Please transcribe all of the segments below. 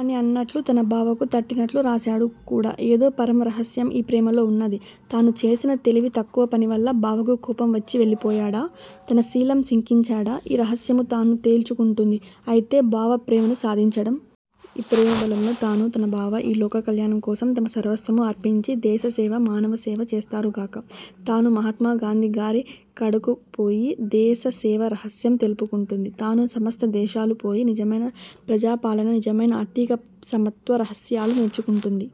అని అన్నట్లు తన బావకు తట్టినట్లు రాశాడు కూడా! ఏదో పరమ రహస్యం ఈ ప్రేమలో ఉన్నది. తాను చేసిన తెలివి తక్కువ పనివల్ల బావకు కోపం వచ్చి వెళ్ళిపోయాడా? తన శీలం శింకించాడా? ఈ రహస్యమూ తాను తేల్చుకుంటుంది. అయితే బావ ప్రేమను సాధించడం? ఈ ప్రేమబలంలో తానూ తన బావా ఈ లోక కళ్యాణం కోసం తమ సర్వస్వమూ అర్పించి దేశసేవ, మానవ సేవ చేస్తారు గాక. తానూ మహాత్మాగాంధీగారి కడకు పోయి, దేశ సేవ రహస్యం తెలుపుకుంటుంది. తాను సమస్త దేశాలూ పోయి నిజమైన ప్రజాపాలన, నిజమైన ఆర్ధిక సమత్వ రహస్యాలు నేర్చుకుంటుంది.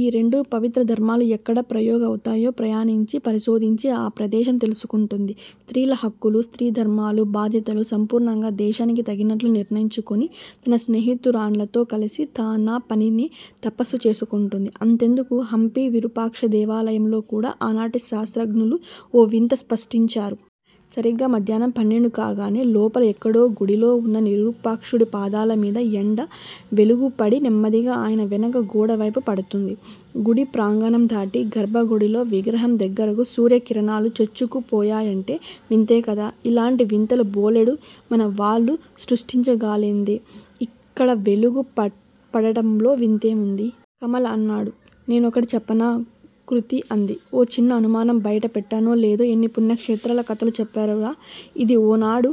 ఈ రెండు పవిత్ర ధర్మాలు ఎక్కడా ప్రయాగ అవుతాయో ప్రయాణించి పరిశోధించి ఆ ప్రదేశం తెలుసుకుంటుంది. స్త్రీల హక్కులూ, స్త్రీ ధర్మాలూ, బాధ్యతలూ సంపూర్ణంగా దేశానికి తగినట్లు నిర్ణయించుకొని తన స్నేహితురాళ్లతో కలిసి తా నా పనినే తపస్సు చేసుకుంటుంది. అంతెందుకు. హంపీ విరూపాక్షదేవాలయంలో కూడా ఆనాటి శాస్రజ్ఞలు ఓ వింత స్పష్టించారు. సరీగా మధ్యాహ్నం పన్నెండు కాంగానే లోపల ఎక్కడో గుడిలో వున్న నిరూపాక్షుడి పాదాలమీద ఎండ వెలుగుపడి నెమ్మదిగా అయన వెనుక గోడవైపు పడుతుంది. గుడి ప్రాగణందాటి గర్భగుడిలో విగ్రహం దగ్గరకి సూర్యకిరణాలు చొచ్చుకు పోయాయంటే వింతేకదా! ఇలాంటి వింతలు బోలెడు మన వాళ్ళు సృష్టించగాలేంది. ఇక్కడ వెలుగు పడటంలో వింతేముంది? కమల అన్నాడు. నేనొకటి చెప్పనా? కృతి అంది. ఓ చిన్న అనుమానం బైట పెట్టానో లేదో ఎన్ని పుణ్యక్షేత్రాల కధలు చెప్పారురా! ఇది ఓనాడు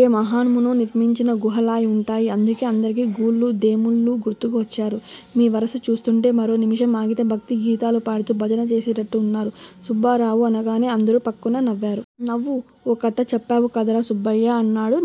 ఏ మహామునో నిర్మించిన గుహలాయివుంటాయి అందుకే అందరికీ గుళ్ళూ దేముళ్ళూ గుర్తుకు వచ్చారు మీ వరస చూస్తుంటే మరో నిమిషం ఆగితే భక్తీ గీతాలు పాడుతూ భజన చేసేటట్లు వున్నారు సుబ్బారావు అనగానే అందరూ ఫక్కున నవ్వారు. నువ్వూ ఓ కధ చెప్పావు కదరా సుబ్బాయ్! అన్నాడు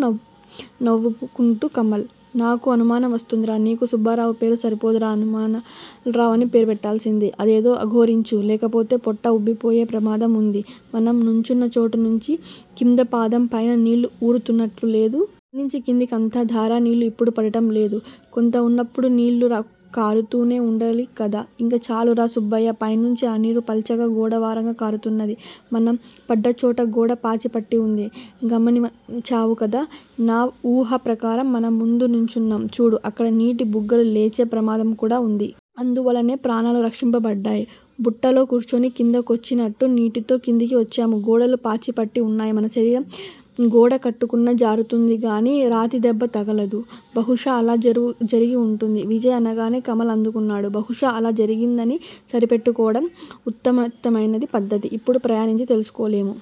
నవ్వాపుకుంటూ కమల్. నాకో అనుమానం వస్తుందిరా! నీకు సుబ్బారావుపేరు సరిపోదురా అనుమానాలరావ్ అని పెట్టాల్సింది. అదేదో అఘోరించు లేకపోతే పొట్ట వుబ్బిపోయే ప్రమాదం వుంది. మనం నుంచున్న చోటు నుంచి కిమ్దపద్దాం పైన నీళ్ళు వూరు తున్నట్లులేదు. పైనుంచి కిందికి అంత ధారా నీళ్ళు ఇప్పుడు పడటంలేదు. కొoతవున్నప్పుడు నీళ్ళు కారుతూనే వుండాలికదా? ఇంక చాలురా సుబ్బాయ్! పైనుంచి ఆ నీరు పల్చగా గోడవారగా కారుతున్నది. మనం పడ్డచోట గోడ పాచిపట్టి వుంది. గమనిమ్చావు కదా! నా వూహా ప్రకారం మనం ముందు నుంచున్నాం చూడు అక్కడ నీటిబుగ్గలు లేచే ప్రమాదంకూడా వుంది. అందువల్లనే ప్రాణాలు రక్షింపబడ్డాయి. బుట్టలో కూర్చుని కింద కొచ్చి నట్టు నీటితో కిందికి వచ్చాము గోడలు పాచిపట్టి వున్నాయి మన శరీరం గోడకొట్టుకున్నా జారుతుందిగాని రాతిదెబ్బ తగలదు. బహుశా అలా జరుగివుంటుంది. విజయ్ అనగానే కమల అందుకున్నాడు. బహుశా అలా జరిగిందని సరిపెట్టుకోవడం వుత్తమోత్తమమైన పద్దతి. ఇప్పుడు ప్రయాణించి తెలుసుకోలెము